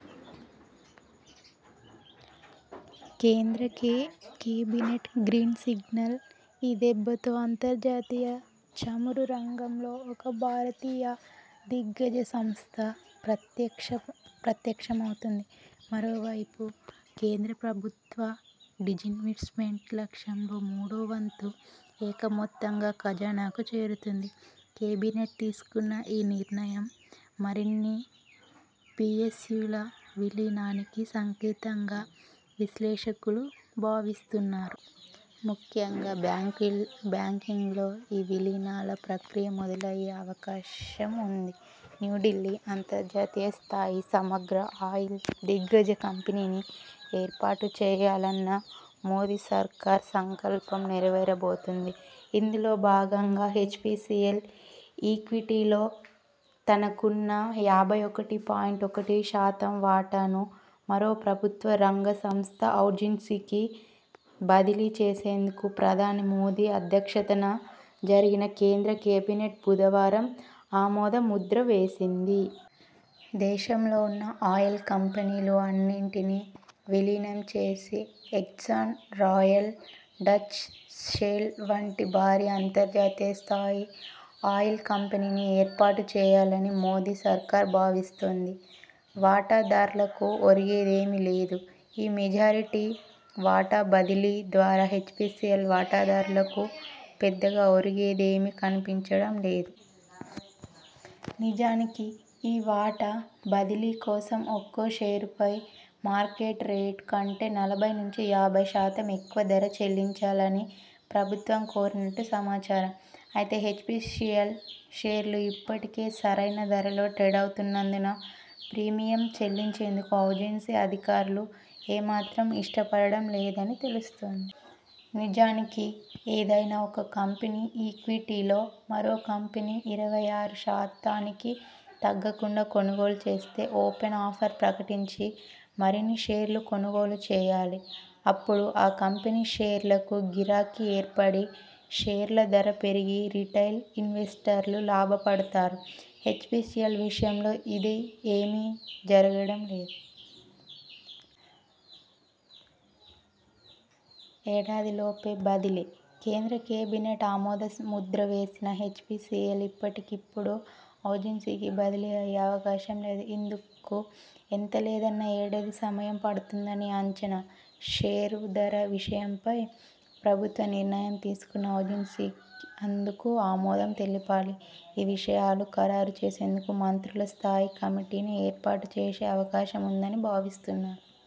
కేంద్ర cabinet green signal ఈ దెబ్బతో అంతర్జాతీయ చమురు రంగంలో ఒక భారతీయ దిగ్గజ సంస్థ ప్రత్యక్ష మవుతుంది. మరోవైపు కేంద్ర ప్రభుత్వ డిజిన్వెస్ట్మెంట్ లక్ష్యంలో మూడో వంతు ఏక మొత్తంగా ఖజానాకు చేరుతుంది. కేబినెట్ తీసుకున్న ఈ నిర్ణయం మరిన్ని పిఎస్యుల విలీనానికి సంకేతంగా విశ్లేషకులు భావిస్తున్నారు. ముఖ్యంగా బ్యాంకింగ్లో ఈ విలీనాల ప్రక్రియ మొదలయ్యే అవకాశం ఉంది. న్యూఢిల్లీ అంతర్జాతీయ స్థాయి సమగ్ర ఆయిల్ దిగ్గజ కంపెనీని ఏర్పాటు చేయాలన్న మోదీ సర్కార్ సంకల్పం నెరవేర బోతోంది. ఇందులో భాగంగా హెచ్పిసిఎల్ ఈక్విటీలో తనకున్న యాభై ఒకటి పాయింట్ ఒకటి శాతం వాటాను మరో ప్రభుత్వ రంగ సంస్థ ఔన్జిసికి బదిలీ చేసేందుకు ప్రధాని మోదీ అధ్యక్షతన జరిగిన కేంద్ర కేబినెట్ బుధవారం ఆమోద ముద్ర వేసింది. దేశంలో ఉన్న ఆయిల్ కంపెనీలు అన్నిటిని విలీనం చేసి ఎగ్జాన్, రాయల్ డచ్ షెల్ వంటి భారీ అంతర్జాతీయ స్థాయి ఆయిల్ కంపెనీని ఏర్పాటు చేయాలని మోదీ సర్కార్ భావిస్తోంది. వాటా దార్లకు ఒరిగేదీమీ లేదు ఈ మెజారిటీ వాటా బదిలీ ద్వారా హెచ్పిసిఎల్ వాటాదారులకు పెద్దగా ఒరిగేదేమీ కనిపించడం లేదు. నిజానికి ఈ వాటా బదిలీ కోసం, ఒక్కో షేరుపై మార్కెట్ రేటు కంటే నలభై నుంచి యాభై శాతం ఎక్కువ ధర చెల్లించాలని ప్రభుత్వం కోరినట్టు సమాచారం. అయితే హెచ్పిసిఎల్ షేర్లు ఇప్పటికే సరైన ధరలో ట్రేడవుతున్నందున ప్రీమియం చెల్లించేందుకు ఔన్జిసి అధికారులు ఏ మాత్రం ఇష్టపడటం లేదని తెలుస్తోంది. నిజానికి ఏదైనా ఒక కంపెనీ ఈక్విటీలో మరో కంపెనీ ఇరవై ఆరు శాతానికి తగ్గకుండా కొనుగోలు చేస్తే ఓపెన్ ఆఫర్ ప్రకటించి మరిన్ని షేర్లు కొనుగోలు చేయాలి. అపుడు ఆ కంపెనీ షేర్లకు గిరాకీ ఏర్పడి షేర్ల ధర పెరిగి రిటైల్ ఇన్వెస్టర్లూ లాభపడతారు. హెచ్పిసిఎల్ విషయంలో ఇదే మీ జరగడం లేదు. ఏడాది లోపే బదిలీ! కేంద్ర కేబినెట్ ఆమోద ముద్ర వేసినా హెచ్పిసిఎల్ ఇప్పటికిప్పుడు ఔన్జిసికి బదిలీ అయ్యే అవకాశం లేదు. ఇందుకు ఎంత లేదన్నా ఏడాది సమయం పడుతుందని అంచనా. షేరు ధర విషయంపై ప్రభుత్వం నిర్ణయం తీసుకున్నా, ఔన్జిసి అందుకు ఆమోదం తెలపాలి. ఈ విషయాలు ఖరారు చేసేందుకు మంత్రుల స్థాయి కమిటీని ఏర్పాటు చేసే అవకాశం ఉందని భావిస్తున్నారు.